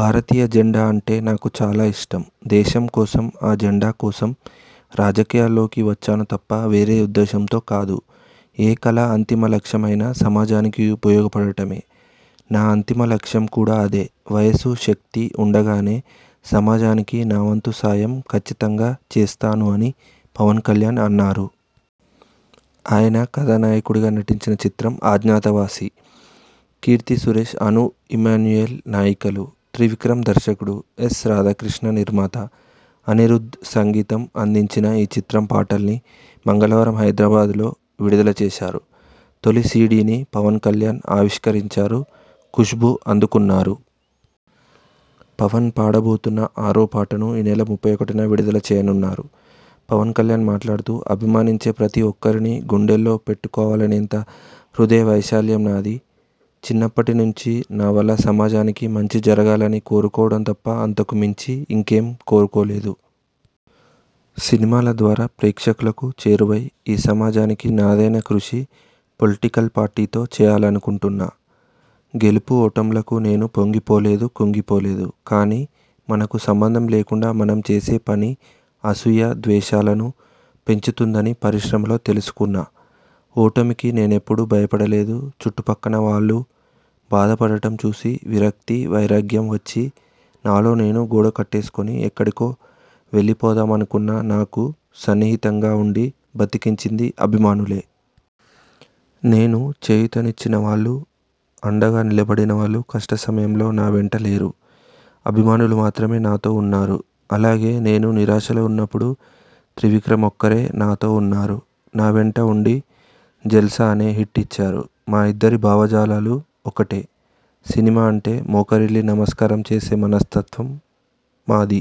భారతీయ జెండా అంటే నాకు చాలా ఇష్టం. దేశం కోసం, ఆ జెండా కోసం రాజకీయాల్లోకి వచ్చాను తప్ప వేరే ఉద్దేశంతో కాదు. ఏ కళ అంతిమ లక్ష్యం అయినా సమాజానికి ఉపయోగపడటమే. నా అంతిమ లక్ష్యం కూడా అదే. వయసు, శక్తి ఉండగానే సమాజానికి నావంతు సాయం కచ్చితంగా చేస్తాను'' అని పవన్ కల్యాణ్ అన్నారు. ఆయన కథానాయకుడిగా నటించిన చిత్రం 'అజ్ఞాతవాసి'. కీర్తి సురేశ్, అనూ ఇమాన్యుయేల్ నాయికలు. త్రివిక్రమ్ దర్శకుడు. ఎస్. రాథాకృష్ణ నిర్మాత. అనిరుధ్ధ్ సంగీతం అందించిన ఈ చిత్రం పాటల్ని మంగళవారం హైదరాబాద్ లో విడుదల చేశారు. తొలి సీడీని పవన్ కల్యాణ్ ఆవిష్కరించారు. కుష్భు అందుకున్నారు. పవన్ పాడబోతున్న ఆరో పాటను ఈ నెల ముప్పై ఒకటిన విడుదల చెయ్యనున్నారు. పవన్ కల్యాణ్ మాట్లాడుతూ ''అభిమానించే ప్రతి ఒక్కరినీ గుండెల్లో పెట్టుకోవాలనేంత హృదయ వైశాల్యం నాది. చిన్నప్పటి నుంచీ నా వల్ల సమాజానికి మంచి జరగాలని కోరుకోవడం తప్ప అంతకు మించి ఇంకేం కోరుకోలేదు. సినిమాల ద్వారా ప్రేక్షకులకు చేరువై ఈ సమాజానికి నాదైన కృషి పొలిటికల్ పార్టీతో చెయ్యాలనుకుంటున్నా. గెలుపు, ఓటములకు నేను పొంగిపోలేదు కుంగిపోలేదు. కానీ మనకు సంబంధం లేకుండా మనం చేసే పని అసూయ, ద్వేషాలను పెంచుతుందని పరిశ్రమలో తెలుసుకున్నా. ఓటమికి నేనెప్పుడూ భయపడలేదు. చుట్టు పక్కన వాళ్లు బాధపడటం చూసి విరక్తి, వైరాగ్యం వచ్చి నాలో నేను గోడ కట్టేసుకుని ఎక్కడికో వెళ్లిపోదామనుకున్న నాకు సన్నిహితంగా ఉండి బతికించింది అభిమానులే. నేను చేయుతనిచ్చినవాళ్లు, అండగా నిలబడినవాళ్లు కష్ట సమయంలో నా వెంట లేరు. అభిమానులు మాత్రమే నాతో ఉన్నారు. అలాగే నేను నిరాశలో ఉన్నప్పుడు త్రివిక్రమ్ ఒక్కరే నాతో ఉన్నారు. నా వెంట ఉండి 'జల్సా' అనే హిట్ ఇచ్చారు. మా ఇద్దరి భావజాలాలు ఒక్కటే. సినిమా అంటే మోకరిల్లి నమస్కారం చేసే మనస్తత్వం మాది.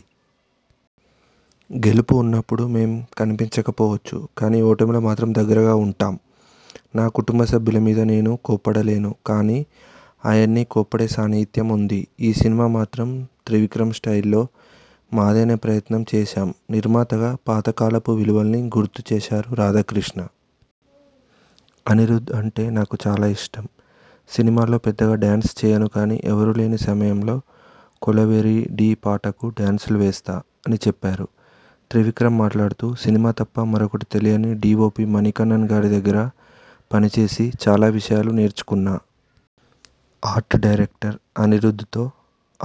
గెలుపు ఉన్నప్పుడు మేం కనిపించకపోవచ్చు కానీ ఓటమిలో మాత్రం దగ్గరగా ఉంటాం. నా కుటుంబ సభ్యుల మీద నేను కోప్పడలేను కానీ ఆయన్ని కోప్పడే సాన్నిహిత్యం ఉంది. ఈ సినిమా మాత్రం త్రివిక్రమ్ స్టైల్ లో మాదైన ప్రయత్నం చేశాం. నిర్మాతగా పాతకాలపు విలువల్ని గుర్తు చేశారు రాధాకృష్ణ. అనిరుధ్ అంటే నాకు చాలా ఇష్టం. సినిమాల్లో పెద్దగా డాన్స్ చెయ్యను కానీ ఎవరూలేని సమయంలో కొలవెరీ డీ పాటకు డాన్స్లు వేస్తా'' అని చెప్పారు. త్రివిక్రమ్ మాట్లాడుతూ ''సినిమా తప్ప మరొకటి తెలియని డిఓపి మణికణ్ణన్ గారి దగ్గర పని చేసి చాలా విషయాలు నేర్చుకున్నా. ఆర్ట్ డైరెక్టర్ అనిరుధ్థ్ తో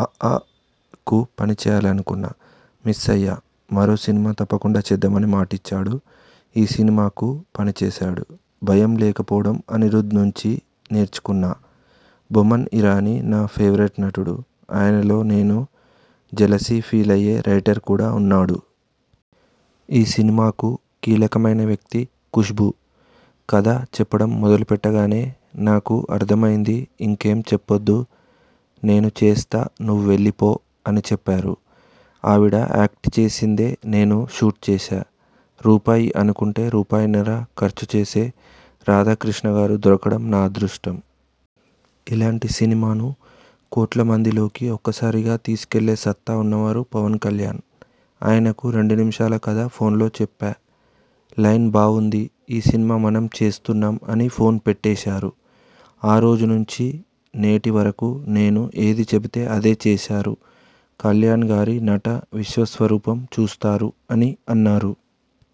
'అఆ'కు పనిచెయ్యాలనుకున్నా. మిస్ అయ్యా. మరో సినిమా తప్పకుండా చేద్దామని మాటిచ్చాడు. ఈ సినిమాకు పనిచేశాడు. భయం లేకపోవడం అనిరుధ్ నుంచీ నేర్చుకున్నా. బోమన్ ఇరానీ నా ఫేవరెట్ నటుడు. ఆయనలో నేను జెలసీ ఫీలయ్యే రైటర్ కూడా ఉన్నాడు. ఈ సినిమాకు కీలకమైన వ్యక్తి కుష్భూ. కథ చెప్పడం మొదలుపెట్టగానే 'నాకు అర్ధమైంది.. ఇంకేం చెప్పొద్దు. నేను చేస్తా నువ్వు వెళ్లిపో' అని చెప్పారు. ఆవిడ యాక్ట్ చేసిందే నేను షూట్ చేశా. రూపాయి అనుకుంటే రూపాయిన్నర ఖర్చు చేసే రాధాకృష్ణగారు దొరకడం నా అదృష్టం. ఇలాంటి సినిమాను కోట్ల మందిలోకి ఒక్కసారిగా తీసుకెళ్లే సత్తా ఉన్నవారు పవన్ కల్యాణ్. ఆయనకు రెండు నిమిషాల కథ ఫోన్ లో చెప్పా. లైన్ బావుంది. ఈ సినిమా మనం చేస్తున్నాం అని ఫోన్ పెట్టేశారు. ఆరోజు నుంచీ నేటి వరకూ నేను ఏది చెబితే అదే చేశారు. కల్యాణ్ గారి నట విశ్వస్వరూపం చూస్తారు'' అని అన్నారు.